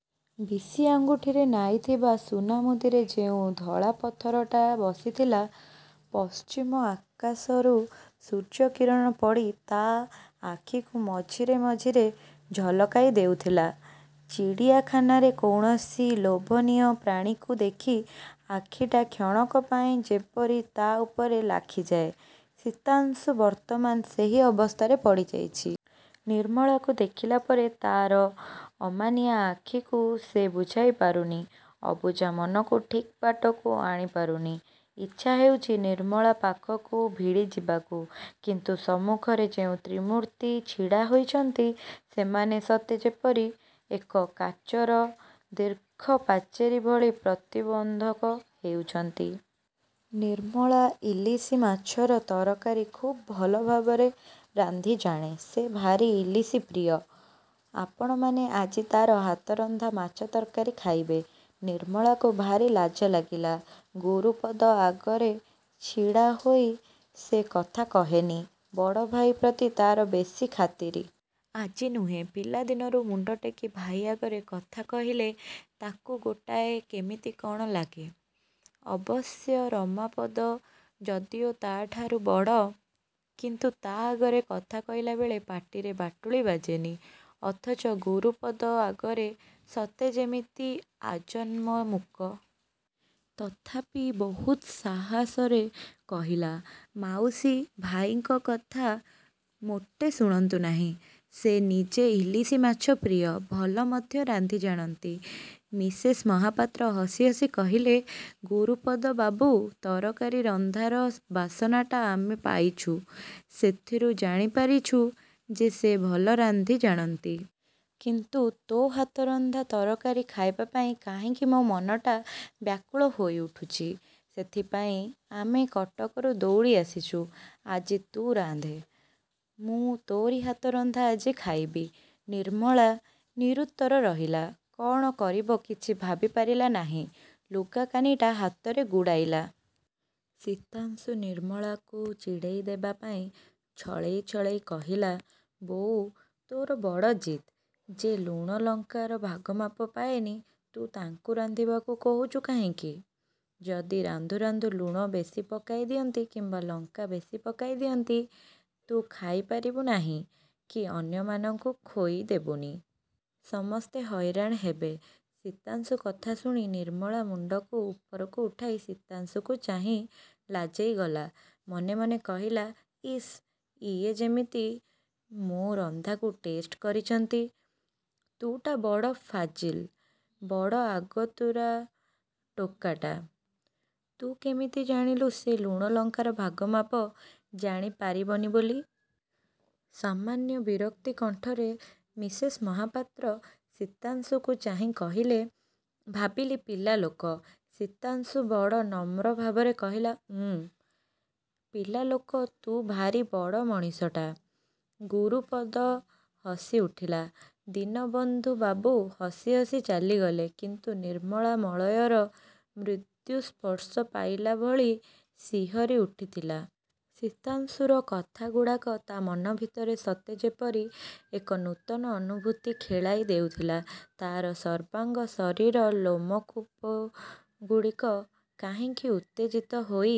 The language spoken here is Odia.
ବିଶି ଆଙ୍ଗୁଠିରେ ନାଇଥିବା ସୁନାମୁଦିରେ ଯେଉଁ ଧଳାପଥରଟା ବସିଥିଲା, ପଶ୍ଚିମ ଆକାଶରୁ ସୂର୍ଯ୍ୟକିରଣ ପଡ଼ି ତା' ଆଖିକୁ ମଝିରେ ମଝିରେ ଝଲକାଇ ଦେଉଥିଲା। ଚିଡ଼ିଆଖାନାରେ କୌଣସି ଲୋଭନୀୟ ପ୍ରାଣୀକୁ ଦେଖି ଆଖିଟା କ୍ଷଣକ ପାଇଁ ଯେପରି ତା' ଉପରେ ଲାଖିଯାଏ, ଶୀତାଂଶୁ ବର୍ତ୍ତମାନ୍ ସେହି ଅବସ୍ଥାରେ ପଡ଼ିଯାଇଛି। ନିର୍ମଳାକୁ ଦେଖିଲା ପରେ ତା'ର ଅମାନିଆ ଆଖିକୁ ସେ ବୁଝାଇ ପାରୁନି। ଅବୁଝା ମନକୁ ଠିକ୍ ବାଟକୁ ଆଣିପାରୁନି। ଇଚ୍ଛା ହେଉଛି ନିର୍ମଳା ପାଖକୁ ଭିଡ଼ିଯିବାକୁ। କିନ୍ତୁ ସମ୍ମୁଖରେ ଯେଉଁ ତ୍ରିମୂର୍ତ୍ତି ଛିଡ଼ା ହୋଇଛନ୍ତି, ସେମାନେ ସତେ ଯେପରି ଏକ କାଚର ଦୀର୍ଘ ପାଚେରୀଭଳି ପ୍ରତିବନ୍ଧକ ହେଉଛନ୍ତି। ନିର୍ମଳା ଇଲିସି ମାଛର ତରକାରୀ ଖୁବ୍ ଭଲ ଭାବରେ ରାନ୍ଧି ଜାଣେ। ସେ ଭାରି ଇଲିସି ପ୍ରିୟ, ଆପଣମାନେ ଆଜି ତା'ର ହାତରନ୍ଧା ମାଛ ତରକାରୀ ଖାଇବେ। ନିର୍ମଳାକୁ ଭାରି ଲାଜ ଲାଗିଲା, ଗୁରୁପଦ ଆଗରେ ଛିଡ଼ା ହୋଇ ସେ କଥା କହେନି। ବଡ଼ଭାଇ ପ୍ରତି ତା'ର ବେଶି ଖାତିରି। ଆଜି ନୁହେଁ ପିଲାଦିନରୁ ମୁଣ୍ଡଟେକି ଭାଇ ଆଗରେ କଥା କହିଲେ ତା'କୁ ଗୋଟାଏ କେମିତି କ'ଣ ଲାଗେ? ଅବଶ୍ୟ ରମାପଦ ଯଦିଓ ତା'ଠାରୁ ବଡ଼, କିନ୍ତୁ ତା' ଆଗରେ କଥା କହିଲାବେଳେ ପାଟିରେ ବାଟୁଳି ବାଜେନି। ଅଥଚ ଗୁରୁପଦ ଆଗରେ ସତେ ଯେମିତି ଆଜନ୍ମ ମୁକ। ତଥାପି ବହୁତ ସାହସରେ କହିଲା, ମାଉସୀ, ଭାଇଙ୍କ କଥା ମୋଟେ ଶୁଣନ୍ତୁ ନାହିଁ। ସେ ନିଜେ ଇଲିସି ମାଛ ପ୍ରିୟ, ଭଲ ମଧ୍ୟ ରାନ୍ଧି ଜାଣନ୍ତି। ମିସେସ୍ ମହାପାତ୍ର ହସି ହସି କହିଲେ, ଗୁରୁପଦ ବାବୁ ତରକାରୀ ରନ୍ଧାର ବାସନାଟା ଆମେ ପାଇଛୁ। ସେଥିରୁ ଜାଣିପାରିଛୁ ଯେ ସେ ଭଲ ରାନ୍ଧି ଜାଣନ୍ତି। କିନ୍ତୁ ତୋ ହାତରନ୍ଧା ତରକାରୀ ଖାଇବା ପାଇଁ କାହିଁକି ମୋ ମନଟା ବ୍ୟାକୁଳ ହୋଇଉଠୁଛି ସେଥିପାଇଁ ଆମେ କଟକରୁ ଦୌଡ଼ି ଆସିଛୁ। ଆଜି ତୁ ରାନ୍ଧେ। ମୁଁ ତୋରି ହାତରନ୍ଧା ଆଜି ଖାଇବି। ନିର୍ମଳା ନିରୁତ୍ତର ରହିଲା। କ'ଣ କରିବ କିଛି ଭାବିପାରିଲା ନାହିଁ। ଲୁଗାକାନିଟା ହାତରେ ଗୁଡ଼ାଇଲା। ଶୀତାଂଶୁ ନିର୍ମଳାକୁ ଚିଡ଼େଇ ଦେବା ପାଇଁ ଛଳେଇ ଛଳେଇ କହିଲା, ବୋଉ ତୋର ବଡ଼ ଜିଦ୍। ଯେ ଲୁଣ ଲଙ୍କାର ଭାଗମାପ ପାଏନି, ତୁ ତାଙ୍କୁ ରାନ୍ଧିବାକୁ କହୁଛୁ କାହିଁକି? ଯଦି ରାନ୍ଧୁ ରାନ୍ଧୁ ଲୁଣ ବେଶି ପକାଇ ଦିଅନ୍ତି କିମ୍ୱା ଲଙ୍କା ବେଶି ପକାଇ ଦିଅନ୍ତି, ତୁ ଖାଇପାରିବୁ ନାହିଁ କି ଅନ୍ୟମାନଙ୍କୁ ଖୋଇ ଦେବୁନି। ସମସ୍ତେ ହଇରାଣ ହେବେ। ଶୀତାଂଶୁ କଥା ଶୁଣି ନିର୍ମଳା ମୁଣ୍ଡକୁ ଉପରକୁ ଉଠାଇ ଶୀତାଂଶୁକୁ ଚାହିଁ ଲାଜେଇ ଗଲା। ମନେ ମନେ କହିଲା, ଇସ୍ ଇଏ ଯିମିତି ମୋ ରନ୍ଧାକୁ ଟେଷ୍ଟ କରିଛନ୍ତି। ତୁ ଟା ବଡ଼ ଫାଜିଲ୍। ବଡ଼ ଆଗତୁରା ଟୋକାଟା। ତୁ କେମିତି ଜାଣିଲୁ ସେ ଲୁଣ ଲଙ୍କାର ଭାଗ ମାପ ଜାଣି ପାରିବନି ବୋଲି? ସାମାନ୍ୟ ବିରକ୍ତି କଣ୍ଠରେ ମିସେସ୍ ମହାପାତ୍ର ଶୀତାଂଶୁକୁ ଚାହିଁ କହିଲେ। ଭାବିଲି ପିଲାଲୋକ। ଶୀତାଂଶୁ ବଡ଼ ନମ୍ର ଭାବରେ କହିଲା। ଉଁ ପିଲାଲୋକ ତୁ ଭାରି ବଡ଼ ମଣିଷଟା। ଗୁରୁପଦ ହସି ଉଠିଲା ଦୀନବନ୍ଧୁ ବାବୁ ହସି ହସି ଚାଲିଗଲେ। କିନ୍ତୁ ନିର୍ମଳା ମଳୟର ମୃଦୁ ସ୍ପର୍ଶ ପାଇଲା ଭଳି ଶିହରୀ ଉଠିଥିଲା। ଶୀତାଂଶୁର କଥାଗୁଡ଼ାକ ତା' ମନ ଭିତରେ ସତେ ଯେପରି ଏକ ନୂତନ ଅନୁଭୂତି ଖେଳାଇ ଦେଉଥିଲା। ତା'ର ସର୍ବାଙ୍ଗ ଶରୀରର ଲୋମକୂପଗୁଡ଼ିକ କାହିଁକି ଉତ୍ତେଜିତ ହୋଇ